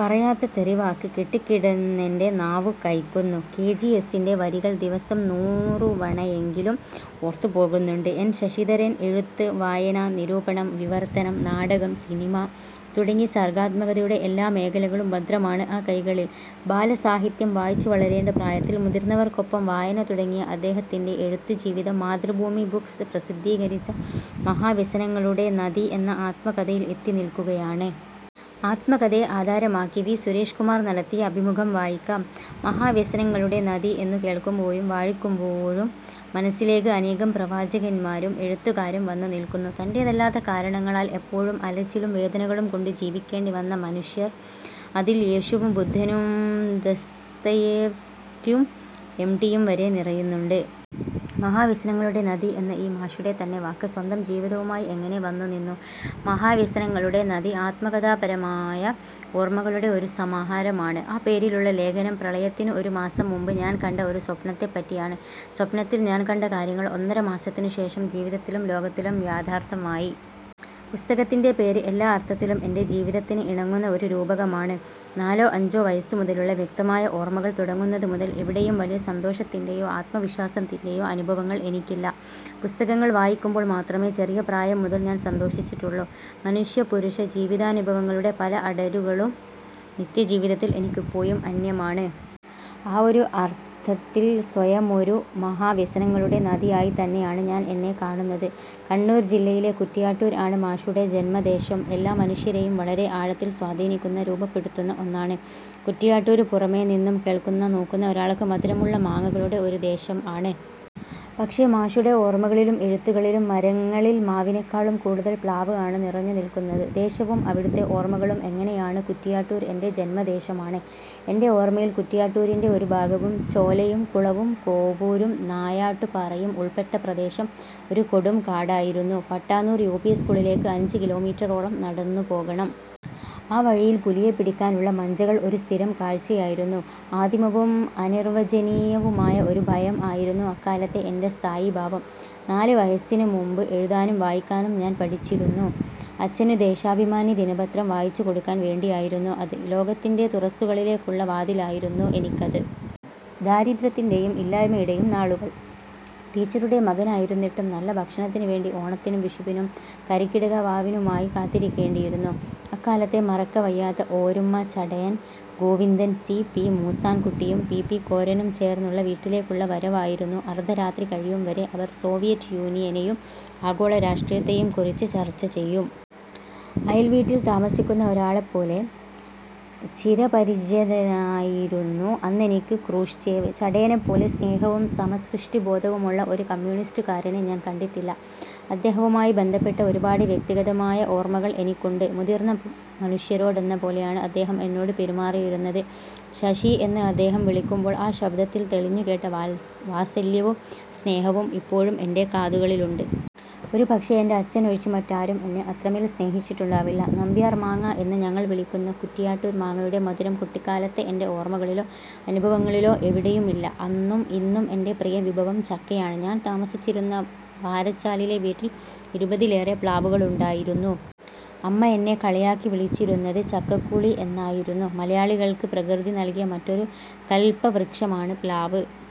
പറയാത്ത തെറി വാക്ക് കെട്ടിക്കിടന്നെൻ്റെ നാവു കയ്ക്കുന്നു 'കെ. ജി. എസ്സിൻ്റെ വരികൾ ദിവസം നൂറുവണയെങ്കിലും ഓർത്തുപോകുന്നുണ്ട് എൻ. ശശിധരൻ. എഴുത്ത്, വായന, നിരൂപണം, വിവർത്തനം, നാടകം, സിനിമ തുടങ്ങി സർഗാത്മകതയുടെ എല്ലാമേഖലകളും ഭദ്രമാണ് ആ കൈകകളിൽ. ബാലസാഹിത്യം വായിച്ചുവളരേണ്ട പ്രായത്തിൽ മുതിർന്നവർക്കൊപ്പം വായന തുടങ്ങിയ അദ്ദേഹത്തിൻ്റെ എഴുത്തുജീവിതം മാതൃഭൂമി ബുക്സ് പ്രസിദ്ധീകരിച്ച മഹാവ്യസനങ്ങളുടെ നദി എന്ന ആത്മകഥയിൽ എത്തിനിൽക്കുകയാണ്. ആത്മകഥയെ ആധാരമാക്കി വി. സുരേഷ് കുമാർ നടത്തിയ അഭിമുഖം വായിക്കാം. മഹാവ്യസനങ്ങളുടെ നദി എന്നു കേൾക്കുമ്പോഴും വായിക്കുമ്പോഴും മനസ്സിലേക്ക് അനേകം പ്രവാചകന്മാരും, എഴുത്തുകാരും വന്നു നിൽക്കുന്നു. തൻ്റേതല്ലാത്ത കാരണങ്ങളാൽ എപ്പോഴും അലച്ചിലും വേദനകളും കൊണ്ട് ജീവിക്കേണ്ടി വന്ന മനുഷ്യർ അതിൽ യേശുവും ബുദ്ധനും ദസ്തയേവ്‌സ്കിയും എം. ടി യും വരെ നിറയുന്നുണ്ട്. മഹാവ്യസനങ്ങളുടെ നദി എന്ന ഈ മാഷുടെ തന്നെ വാക്ക് സ്വന്തംജീവിതവുമായി എങ്ങനെ വന്നുനിന്നു? മഹാവ്യസനങ്ങളുടെ നദി ആത്മകഥാപരമായ ഓർമകളുടെ ഒരു സമാഹാരമാണ്. ആ പേരിലുള്ള ലേഖനം പ്രളയത്തിനു ഒരു മാസം മുമ്പ് ഞാൻ കണ്ട ഒരു സ്വപ്നത്തെപ്പറ്റിയാണ്. സ്വപ്നത്തിൽ ഞാൻ കണ്ട കാര്യങ്ങൾ ഒന്നര മാസത്തിന് ശേഷം ജീവിതത്തിലും ലോകത്തിലും യാഥാർത്ഥമായി. പുസ്തകത്തിൻ്റെ പേര് എല്ലാ അർത്ഥത്തിലും എൻ്റെ ജീവിതത്തിന് ഇണങ്ങുന്ന ഒരു രൂപകമാണ്. നാലോ അഞ്ചോ വയസ്സ് മുതലുള്ള വ്യക്തമായ ഓർമ്മകൾ തുടങ്ങുന്നത് മുതൽ എവിടെയും വലിയ സന്തോഷത്തിൻ്റെയോ ആത്മവിശ്വാസത്തിൻ്റെയോ അനുഭവങ്ങൾ എനിക്കില്ല. പുസ്തകങ്ങൾ വായിക്കുമ്പോൾ മാത്രമേ ചെറിയ പ്രായം മുതൽ ഞാൻ സന്തോഷിച്ചിട്ടുള്ളൂ 'മനുഷ്യ പുരുഷ ജീവിതാനുഭവങ്ങളുടെ പല അടരുകളും നിത്യജീവിതത്തിൽ എനിക്കിപ്പോഴും അന്യമാണ്. ആ ഒരു അർത്ഥത്തിൽ സ്വയമൊരു മഹാ വ്യസനങ്ങളുടെ നദി ആയി തന്നെയാണ് ഞാൻ എന്നെ കാണുന്നത്. കണ്ണൂർ ജില്ലയിലെ കുറ്റിയാട്ടൂർ ആണ് മാഷുടെ ജന്മദേശം എല്ലാ മനുഷ്യരെയും വളരെ ആഴത്തിൽ സ്വാധീനിക്കുന്ന രൂപപ്പെടുത്തുന്ന ഒന്നാണ്. കുറ്റിയാട്ടൂർ പുറമെ നിന്നും കേൾക്കുന്ന നോക്കുന്ന ഒരാൾക്ക് മധുരമുള്ള മാങ്ങകളുടെ ഒരു ദേശം ആണ്. പക്ഷേ മാഷുടെ ഓർമകളിലും എഴുത്തുകളിലും മരങ്ങളിൽ മാവിനെക്കാളും കൂടുതൽ പ്ലാവ് ആണ് നിറഞ്ഞു നിൽക്കുന്നത്. ദേശവും അവിടുത്തെ ഓർമകളും എങ്ങനെയാണ്? കുറ്റിയാട്ടൂർ എൻ്റെ ജന്മദേശമാണ്. എൻ്റെ ഓർമ്മയിൽ കൂറ്റിയാട്ടൂരിൻ്റെ ഒരു ഭാഗവും ചോലയും കുളവും കോവൂരും നായാട്ടു പാറയും ഉൾപെട്ട പ്രദേശം ഒരു കൊടുംകാടായിരുന്നു. പട്ടാന്നൂർ യുപി സ്ക്കൂളിലേക്ക് അഞ്ച് കിലോമീറ്ററോളം നടന്നു പോകണം. ആ വഴിയിൽ പുലിയെ പിടിക്കാനുള്ള മഞ്ചകൾ ഒരു സ്ഥിരം കാഴ്ചയായിരുന്നു. ആദിമവും അനിർവ്വചനീയവുമായ ഒരു ഭയം ആയിരുന്നു അക്കാലത്തെ എൻ്റെ സ്ഥായീഭാവം. നാല് വയസ്സിന് മുമ്പ് എഴുതാനും വായിക്കാനും ഞാൻ പഠിച്ചിരുന്നു. അച്ഛന് ദേശാഭിമാനി ദിനപത്രം വായിച്ചു കൊടുക്കാൻ വേണ്ടിയായിരുന്നു അത്. ലോകത്തിൻ്റെ തുറസ്സുകളിലേക്കുള്ള വാതിലായിരുന്നു എനിക്കത്. ദാരിദ്ര്യത്തിൻ്റെയും ഇല്ലായ്മയുടെയും നാളുകൾ. ടീച്ചറുടെ മകനായിരുന്നിട്ടും നല്ല ഭക്ഷണത്തിന് വേണ്ടി ഓണത്തിനും വിഷുവിനും കര്ക്കിടക വാവിനുമായി കാത്തിരിക്കേണ്ടിയിരുന്നു 'അക്കാലത്തെ മറക്കവയ്യാത്ത ഓര്മ്മ ചടയൻ ഗോവിന്ദൻ സി. പി മൂസാൻ കുട്ടിയും പി. പി. കോരനും ചേർന്നുള്ള വീട്ടിലേക്കുള്ള വരവായിരുന്നു. അർദ്ധരാത്രി കഴിയുംവരെ അവർ സോവിയറ്റ് യൂനിയനെയും ആഗോള രാഷ്ട്രീയത്തേയും കുറിച്ച് ചർച്ച ചെയ്യും. അയൽ വീട്ടിൽ താമസിക്കുന്ന ഒരാളെപ്പോലെ ചിരപരിചിതനായിരുന്നു അന്നെനിക്ക് ക്രൂഷ്ചേവ്, ചടയനെപ്പോലെ സ്നേഹവും സമസൃഷ്ടി ബോധവുമുള്ള ഒരു കമ്യൂണിസ്റ്റുകാരനെ ഞാൻ കണ്ടിട്ടില്ല. അദ്ദേഹവുമായി ബന്ധപ്പെട്ട ഒരുപാട് വ്യക്തിഗതമായ ഓർമ്മകൾ എനിക്കുണ്ട്. മുതിർന്ന മനുഷ്യരോടെന്ന പോലെയാണ് അദ്ദേഹം എന്നോട് പെരുമാറിയിരുന്നത്. ശശീ എന്ന് അദ്ദേഹം വിളിക്കുമ്പോൾ ആ ശബ്ദത്തിൽ തെളിഞ്ഞുകേട്ട വശ വാസല്യവും സ്നേഹവും ഇപ്പോഴും എൻ്റെ കാതുകളിലുണ്ട്. ഒരു പക്ഷേ എൻ്റെ അച്ഛനൊഴിച്ച് മറ്റാരും എന്നെ അത്രമേൽ സ്നേഹിച്ചിട്ടുണ്ടാവില്ല. നമ്പ്യാർ മാങ്ങ എന്ന് ഞങ്ങൾ വിളിക്കുന്ന കുറ്റിയാട്ടൂർ മാങ്ങയുടെ മധുരം കുട്ടിക്കാലത്തെ എൻ്റെ ഓർമ്മകളിലോ അനുഭവങ്ങളിലോ എവിടെയുമില്ല. അന്നും ഇന്നും എൻ്റെ പ്രിയ വിഭവം ചക്കയാണ്. ഞാൻ താമസിച്ചിരുന്ന വാരച്ചാലിലെ വീട്ടിൽ ഇരുപതിലേറെ പ്ലാവുകളുണ്ടായിരുന്നു. അമ്മ എന്നെ കളിയാക്കി വിളിച്ചിരുന്നത് ചക്കക്കൂളി എന്നായിരുന്നു. മലയാളികൾക്ക് പ്രകൃതി നൽകിയ മറ്റൊരു കൽപവൃക്ഷമാണ് പ്ലാവ്.